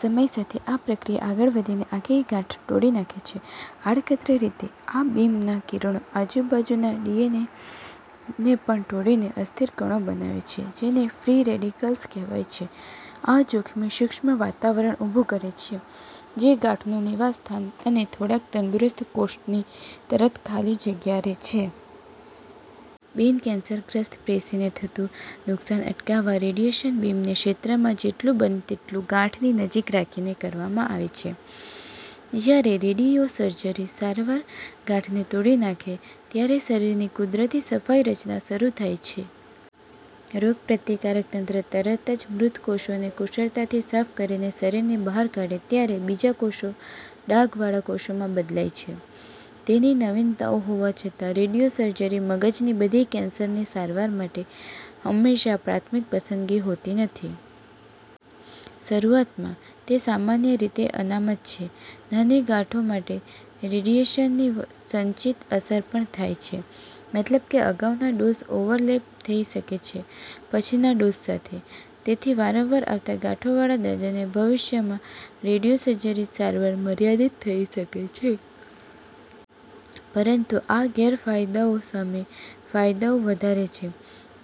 સમયસાથે, આ પ્રક્રિયા આગળ વધીને આખી ગાંઠ તોડી નાખે છે. આડકતરી રીતે, આ બીમ ના કિરણો આજુબાજુ ના ડીએનએ ને પણ તોડીને અસ્થિર કણો બનાવે છે જેને ફ્રી રેડિકલ્સ કહેવાય છે. આ જોખમી સૂક્ષ્મવાતાવરણ ઉભું કરે છે જે ગાંઠ નું નિવાસસ્થાન, અને થોડાક તંદુરસ્ત કોષો ની તરત ખાલી જગ્યારે છે. બિન-કેન્સરગ્રસ્ત પેશીને થતુ નુકશાન અટકાવા રેડીએશન બીમ ને ક્ષેત્રમા જેટલુ બને તેટલુ ગાંઠ ની નજીક રાખીને કરવામા આવે છે. જયારે રેડીઓસર્જરી સારવાર ગાંઠને તોડી નાખે, ત્યારે શરીરની કુદરતી સફાઈ રચના શરુ થાય છે. રોગપ્રતિકારક તંત્ર તરતજ મૃત કોષોને કુશળતાથી સાફ કરીને શરીરની બહાર કાઢે ત્યારે બીજા કોષો ડાઘ વાળા કોષોમા બદલાય છે. તેની નવીનતાઓ હોવા છતાં, રેડિયોસર્જરી મગજની બધી કેન્સરની સારવાર માટે હંમેશાં પ્રાથમિક પસંદગી હોતી નથી. શરૂઆત મા, તે સામાન્ય રીતે અનામત છે નાની ગાંઠો માટે. રેડિયેશન ની સંચિત અસર પણ થાય છે, મતલબ કે અગાઉના ડોઝ ઓવરલેપ થઈ શકે છે, પછીના ડોઝ સાથે. તેથી વારંવાર આવતા ગાંઠોવાળા દર્દીને ભવિષ્યમાં રેડિયોસર્જરી સારવાર મર્યાદિત થઈ શકે છે. પરંતુ આ ગેરફાયદાઓ સામે ફાયદાઓ વધારે છે.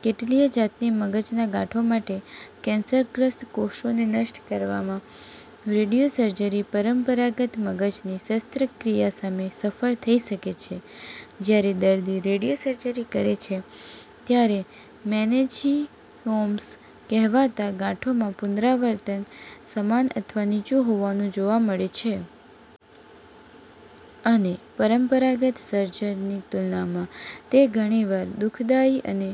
કેટલીય જાતની મગજના ગાંઠો માટે, કેન્સરગ્રસ્ત કોષોને નષ્ટ કરવામા રેડિયો સર્જરી પરંપરાગત મગજની શસ્ત્રક્રિયા સામે સફળ થઈ શકે છે. જયારે દર્દી રેડિયોસર્જરી કરે છે, ત્યારે મેનિન્જિઓમસ કહેવાતા ગાંઠોમાં, પુનરાવર્તન સમાન અથવા નીચું હોવાનું જોવા મળે છે. અને પરંપરાગત સર્જરીની તુલનામાં- તે ઘણીવાર દુઃખદાયી અને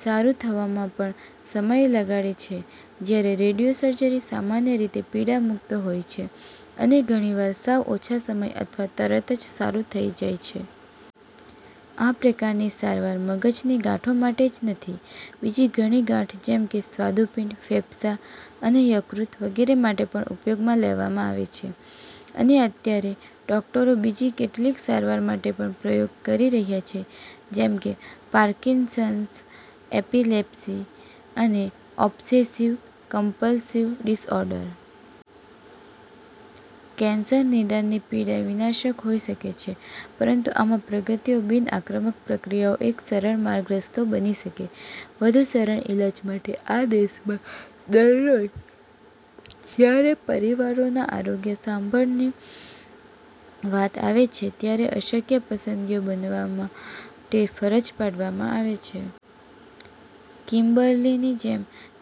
સારું થવામા પણ સમય લગાડે છે. જયારે રેડિયોસર્જરી સામાન્ય રીતે પીડા મુક્ત હોય છે, અને ઘણીવાર સાવ ઓછા સમય અથવા તરતજ સારું થઇ જાય છે. આ પ્રકારની સારવાર મગજની ગાંઠો માટે જ નથી: બીજી ઘણીગાંઠ જેમકે સ્વાદુપિંડ, ફેફસાં અને યકૃત વગેરે માટે પણ ઉપયોગમા લેવામા આવે છે. અને અત્યારે, ડોકટરો બીજી કેટલીક સારવાર માટે પણ પ્રયોગ કરી રહ્યા છે જેમકે પાર્કિન્સન્સ, એપિલેપ્સી, અને ઓબ્સેસીવ કમ્પલસિવ ડિસઑડર. કેન્સર નિદાનની પીડા વિનાશક હોઈ શકે છે, પરંતુ આમાં પ્રગતિઓ બિન-આક્રમક પ્રક્રિયાઓ એક સરળ માર્ગ રસ્તો બની શકે. વધુ સરળ ઇલાજ માટે આ દેશમાં દરરોજ, જ્યારે પરિવારોના આરોગ્ય સંભાળની વાત આવે છે ત્યારે અશક્ય પસંદગીઓ બનાવવા માટે ફરજ પાડવામાં આવે છે. કિમ્બર્લીની જેમ,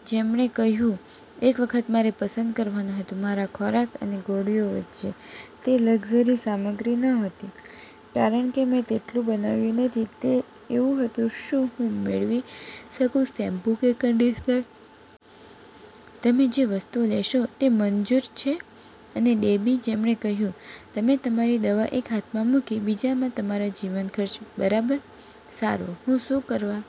જેમણે કહ્યું, "એક વખત મારે પસંદ કરવાનું હતું મારા ખોરાક અને ગોળીઓ વચ્ચે. તે લક્ઝરી સામગ્રી નહોતી, કારણ કે મેં તેટલું બનાવ્યું નથી. તે એવું હતું, 'શું હું મેળવી શકું શેમ્પૂ કે કન્ડિશનર? ' તમે જે વસ્તુઓ લેશો તે મંજૂર છે. " અને ડેબી, જેમણે કહ્યું, "તમે તમારી દવા એક હાથમાં મૂકી, બીજામાં તમારા જીવન ખર્ચ. બરાબર. સારું, હું શું કરવા